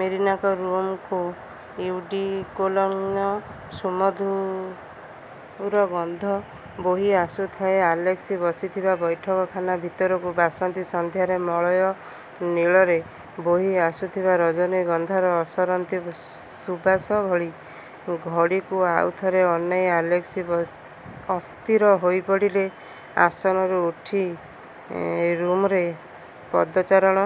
ମେରିନାର ରୁମ୍କୁ ଇଉଡ଼ିକୋଲନ୍ର ସୁମଧୁର ଗନ୍ଧ ବୋହି ଆସୁଥାଏ ଆଲେସ୍କି ବସିଥିବା ବୈଠକଖାନା ଭିତରକୁ–ବାସନ୍ତୀ ସନ୍ଧ୍ୟାରେ ମଳୟନିଳରେ ବୋହିଆସୁଥିବା ରଜନୀଗନ୍ଧାର ଅସରନ୍ତି ସୁବାସ ଭଳି। ଘଡ଼ିକୁ ଆଉ ଥରେ ଅନାଇ ଆଲେସ୍କି ଅସ୍ଥିର ହୋଇପଡ଼ିଲେ। ଆସନରୁ ଉଠି ରୁମ୍ରେ ପଦଚାରଣ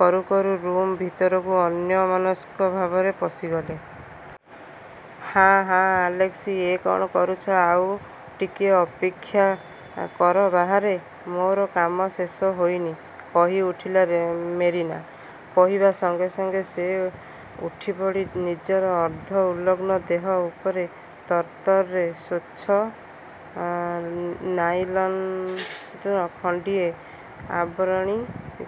କରୁ କରୁ ରୁମ୍ ଭିତରକୁ ଅନ୍ୟମନସ୍କ ଭାବରେ ପଶିଗଲେ। ''ହାଁ, ହାଁ, ଆଲେସ୍କି, ଏ କ'ଣ କରୁଛ? ଆଉ ଟିକିଏ ଅପେକ୍ଷା। କର ବାହାରେ। ମୋର କାମ ଶେଷ ହୋଇନି''–କହିଉଠିଲା ମେରିନା। କହିବା ସଙ୍ଗେ ସଙ୍ଗେ ସେ ଉଠିପଡ଼ି ନିଜର ଅର୍ଦ୍ଧ-ଉଲଗ୍ନ ଦେହ ଉପରେ ତରତରରେ ସ୍ୱଚ୍ଛ ନାଇଲନ୍ର ଖଣ୍ଡିଏ ଆବରଣୀ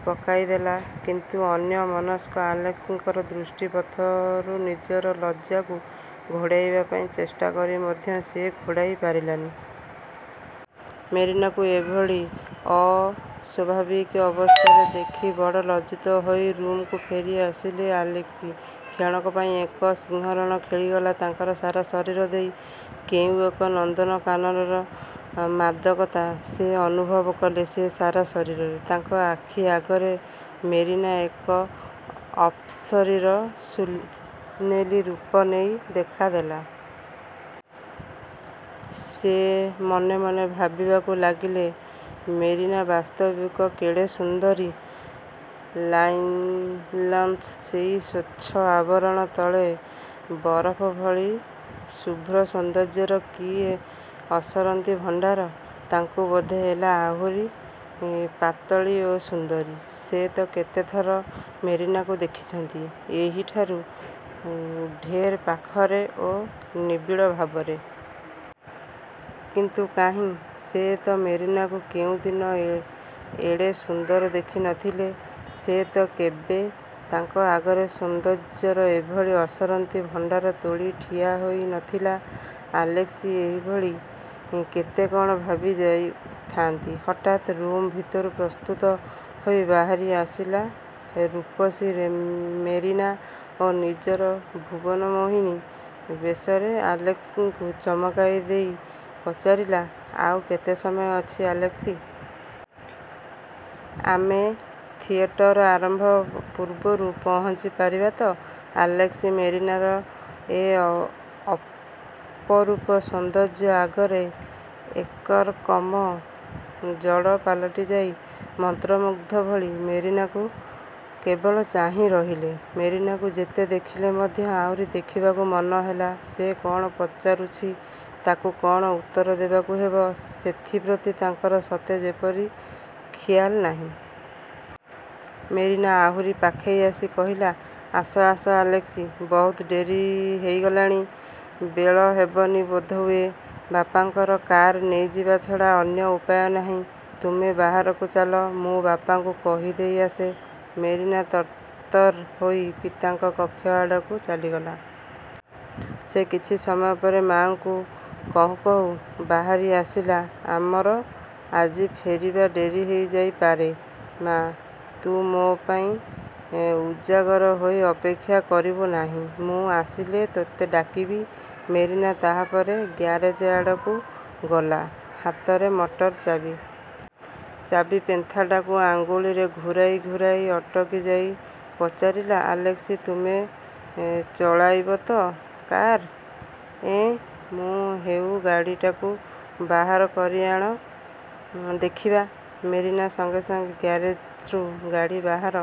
ପକାଇଦେଲା। କିନ୍ତୁ ଅନ୍ୟମନସ୍କ ଆଲେସ୍କିଙ୍କର ଦୃଷ୍ଟିପଥରୁ ନିଜର ଲଜ୍ଜାକୁ ଘୋଡ଼ାଇବା ପାଇଁ ଚେଷ୍ଟାକରି ମଧ୍ୟ ସେ ଘୋଡ଼ାଇ ପାରିଲାନି। ମେରିନାକୁ ଏଭଳି ଅସ୍ୱାଭାବିକ ଅବସ୍ଥାରେ ଦେଖି ବଡ଼ ଲଜ୍ଜିତ ହୋଇ ରୁମ୍କୁ ଫେରିଆସିଲେ ଆଲେସ୍କି। କ୍ଷଣକ ପାଇଁ ଏକ ଶିହରଣ ଖେଳିଗଲା ତାଙ୍କର ସାରା ଶରୀର ଦେଇ-। କେଉଁ ଏକ ନନ୍ଦନକାନନର ମାଦକତା ସେ ଅନୁଭବ କଲେ ସେ ସାରା ଶରୀରରେ। ତାଙ୍କ ଆଖିଆଗରେ ମେରିନା ଏକ ଅପ୍ସରୀର ସୁନେଲି ରୂପ ନେଇ ଦେଖା ଦେଲା। ସେ ମନେ ମନେ ଭାବିବାକୁ ଲାଗିଲେ–ମେରିନା ବାସ୍ତବିକ କେଡ଼େ ସୁନ୍ଦରୀ? ନାଇଲନ୍ର ସେଇ ସ୍ୱଚ୍ଛ ଆବରଣ ତଳେ ବରଫ ଭଳି ଶୁଭ୍ର ସୌନ୍ଦର୍ଯ୍ୟର କି ଅସରନ୍ତି ଭଣ୍ଡାର! ତାଙ୍କୁ ବୋଧ ହେଲା ଆହୁରି ପାତଳୀ ଓ ସୁନ୍ଦରୀ। ସେ ତ କେତେ ଥର ମେରିନାକୁ ଦେଖିଛନ୍ତି, ଏହିଠାରୁ ଢେର୍ ପାଖରେ ଓ ନିବିଡ଼ ଭାବରେ। କିନ୍ତୁ କାହିଁ, ସେ ତ ମେରିନାକୁ କେଉଁଦିନ ଏଡ଼େ ସୁନ୍ଦର ଦେଖି ନ ଥିଲେ। ସେ ତ କେବେ ତାଙ୍କ ଆଗରେ ସୌନ୍ଦର୍ଯ୍ୟର ଏଭଳି ଅସରନ୍ତି ଭଣ୍ଡାର ତୋଳି ଠିଆହୋଇ ନ ଥିଲା। ଆଲେସ୍କି ଏହିଭଳି କେତେ କ'ଣ ଭାବି ଯାଉଥାନ୍ତି, ହଠାତ୍ ରୁମ୍ ଭିତରୁ ପ୍ରସ୍ତୁତ ହୋଇ ବାହାରିଆସିଲା ରୂପସୀ ମେରିନା ଓ ନିଜର ଭୁବନମୋହିନୀ ବେଶରେ ଆଲେସ୍କିଙ୍କୁ ଚମକାଇଦେଇ ପଚାରିଲା, ''ଆଉ କେତେ ସମୟ ଅଛି ଆଲେସ୍କି? ଆମେ ଥିଏଟର ଆରମ୍ଭ ପୂର୍ବରୁ ପହଞ୍ଚି ପାରିବା ତ? '' ଆଲେସ୍କି ମେରିନାର ଏ ଅପରୂପ ସୌନ୍ଦର୍ଯ୍ୟ ଆଗରେ ଏକରକମ ଜଡ଼ ପାଲଟିଯାଇ ମନ୍ତ୍ରମୁଗ୍ଧ ଭଳି ମେରିନାକୁ କେବଳ ଚାହିଁ ରହିଲେ। ମେରିନାକୁ ଯେତେ ଦେଖିଲେ ମଧ୍ୟ ଆହୁରି ଦେଖିବାକୁ ମନ ହେଲା। ସେ କ'ଣ ପଚାରୁଛି, ତାକୁ କ'ଣ ଉତ୍ତର ଦେବାକୁ ହେବ, ସେଥିପ୍ରତି ତାଙ୍କର ସତେ ଯେପରି ଖିଆଲ ନାହିଁ। ମେରିନା ଆହୁରି ପାଖେଇ ଆସି କହିଲା, ''ଆସ, ଆସ ଆଲେସ୍କି! ବହୁତ ଡେରି ହୋଇଗଲାଣି, ବେଳ ହେବନି ବୋଧହୁଏ। ବାପାଙ୍କର କାର୍ ନେଇଯିବା ଛଡ଼ା ଅନ୍ୟ ଉପାୟ ନାହିଁ। ତୁମେ ବାହାରକୁ ଚାଲ। ମୁଁ ବାପାଙ୍କୁ କହିଦେଇ ଆସେ। ମେରିନା ତରତର ହୋଇ ପିତାଙ୍କ କକ୍ଷ ଆଡ଼କୁ ଚାଲିଗଲା। ସେ କିଛି ସମୟ ପରେ ମା'ଙ୍କୁ କହୁଁ କହୁଁ ବାହାରିଆସିଲା, ''ଆମର ଆଜି ଫେରିବା ଡେରି ହୋଇଯାଇପାରେ ମା! ତୁ ମୋ ପାଇଁ ଉଜାଗର ହୋଇ ଅପେକ୍ଷା, କରିବୁ ନାହିଁ। ମୁଁ ଆସିଲେ ତୋତେ ଡାକିବି। '' ମେରିନା ତାହାପରେ ଗ୍ୟାରେଜ୍ ଆଡ଼କୁ ଗଲା–ହାତରେ ମଟର ଚାବି। ଚାବିପେନ୍ଥାଟାକୁ ଅଙ୍ଗୁଳିରେ ଘୂରାଉଁ ଘୂରାଉଁ ଅଟକି ଯାଇ ପଚାରିଲା, ''ଆଲେସ୍କି, ତୁମେ ଚଳାଇବ ତ କାର୍? '' ''ଏଁ, ମୁଁ? ହେଉ, ଗାଡ଼ିଟାକୁ ବାହାର କରିଆଣ, ଦେଖିବା। '' ମେରିନା ସଙ୍ଗେ ସଙ୍ଗେ ଗ୍ୟାରେଜ୍ରୁ ଗାଡ଼ି ବାହାର